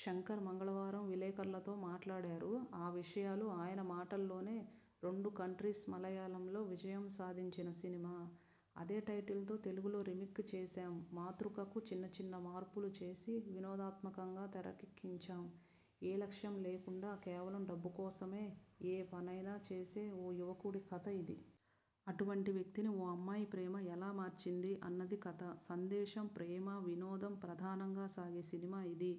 శంకర్ మంగళవారం విలేకర్లతో మాట్లాడారు. ఆ విషయాలు ఆయన మాటల్లోనే 'రెండు కంట్రీస్' మలయాళంలో విజయం సాధించిన సినిమా. అదే టైటిల్తో తెలుగులో రీమేక్ చేశాం. మాతృకకు చిన్నచిన్న మార్పులు చేసి వినోదాత్మకంగా తెరకెక్కించాం. ఏ లక్ష్యం లేకుండా కేవలం డబ్బు కోసమే ఏ పనైనా చేసే ఓ యువకుడి కథ ఇది. అటువంటి వ్యక్తిని ఓ అమ్మాయి ప్రేమ ఎలా మార్చింది అన్నది కథ. సందేశం, ప్రేమ, వినోదం ప్రధానంగా సాగే సినిమా ఇది.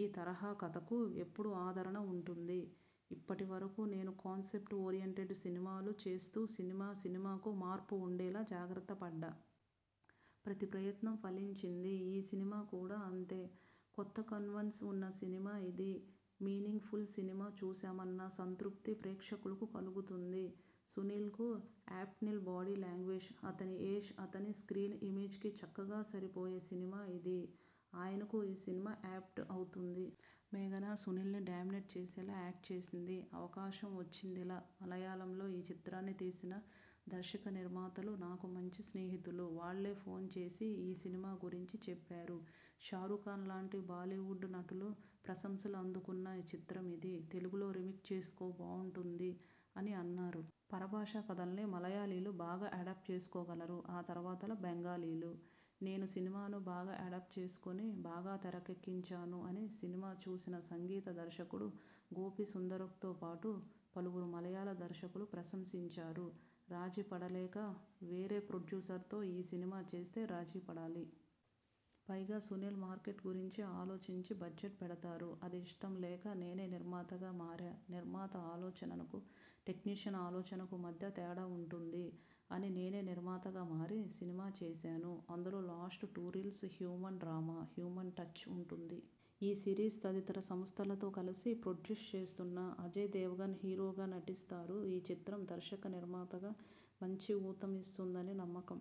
ఈ తరహా కథకు ఎప్పుడూ ఆదరణ ఉంటుంది. ఇప్పటి వరకూ నేను కాన్సెప్ట్ ఓరియంటెడ్ సినిమాలు చేస్తూ సినిమా, సినిమాకూ మార్పు ఉండేలా జాగ్రత్త పడ్డా. ప్రతి ప్రయత్నం ఫలించింది. ఈ సినిమా కూడా అంతే. కొత్త కాన్వాస్ ఉన్న సినిమా ఇది. మీనింగ్ ఫుల్ సినిమా చూశామన్న సంతృప్తి ప్రేక్షకులకు కలుగుతుంది. సునీల్కు యాప్ట నీల్ బాడీ లాంగ్వేజ్, అతని ఏజ్, అతని స్ర్కీన్ ఇమేజ్కి చక్కగా సరిపోయే సినిమా ఇది. ఆయనకు ఈ సినిమా యాప్ట్ అవుతుంది. మేఘనా సునీల్ను డామినేట్ చేసేలా యాక్ట్ చేసింది. అవకాశం వచ్చిందిలా మలయాళంలో ఈ చిత్రాన్ని తీసిన దర్శక నిర్మాతలు నాకు మంచి స్నేహితులు. వాళ్లే ఫోన్ చేసి ఈ సినిమా గురించి చెప్పారు. షారుక్ఖాన్లాంటి బాలీవుడ్ నటులు ప్రశంసలు అందుకున్న చిత్రమిది. తెలుగులో రీమేక్ చేసుకో బావుంటుంది అని అన్నారు. పరభాషా కథల్ని మలయాళీలు బాగా అడాప్ట్ చేసుకోగలరు. ఆ తర్వాత బెంగాలీలు. నేనీ సినిమాను బాగా అడాప్ట్ చేసుకుని బాగా తెరకెక్కించాను అని సినిమా చూసిన సంగీత దర్శకుడు గోపీసుందర్తో పాటు పలువురు మలయాళ దర్శకులు ప్రశంసించారు. రాజీపడలేక వేరే ప్రొడ్యూసర్తో ఈ సినిమా చేస్తే రాజీపడాలి. పైగా సునీల్ మార్కెట్ గురించి ఆలోచించి బడ్జెట్ పెడతారు. అది ఇష్టం లేక నేనే నిర్మాతగా మారా, నిర్మాత ఆలోచనకు, టెక్నీషియన్ ఆలోచనకు మధ్య తేడా ఉంటుంది. అని నేనే నిర్మాతగా మారి సినిమా చేశాను. అందులో last two reels human drama, human touch ఉంటుంది. ఈ సిరీస్, తదితర సంస్థలతో కలిపి ప్రొడ్యూస్ చేస్తున్నా. అజయ్ దేవ్గణ్ హీరోగా నటిస్తారు. ఈ చిత్రం దర్శక నిర్మాతగా మంచి ఊతం ఇస్తుందనే నమ్మకం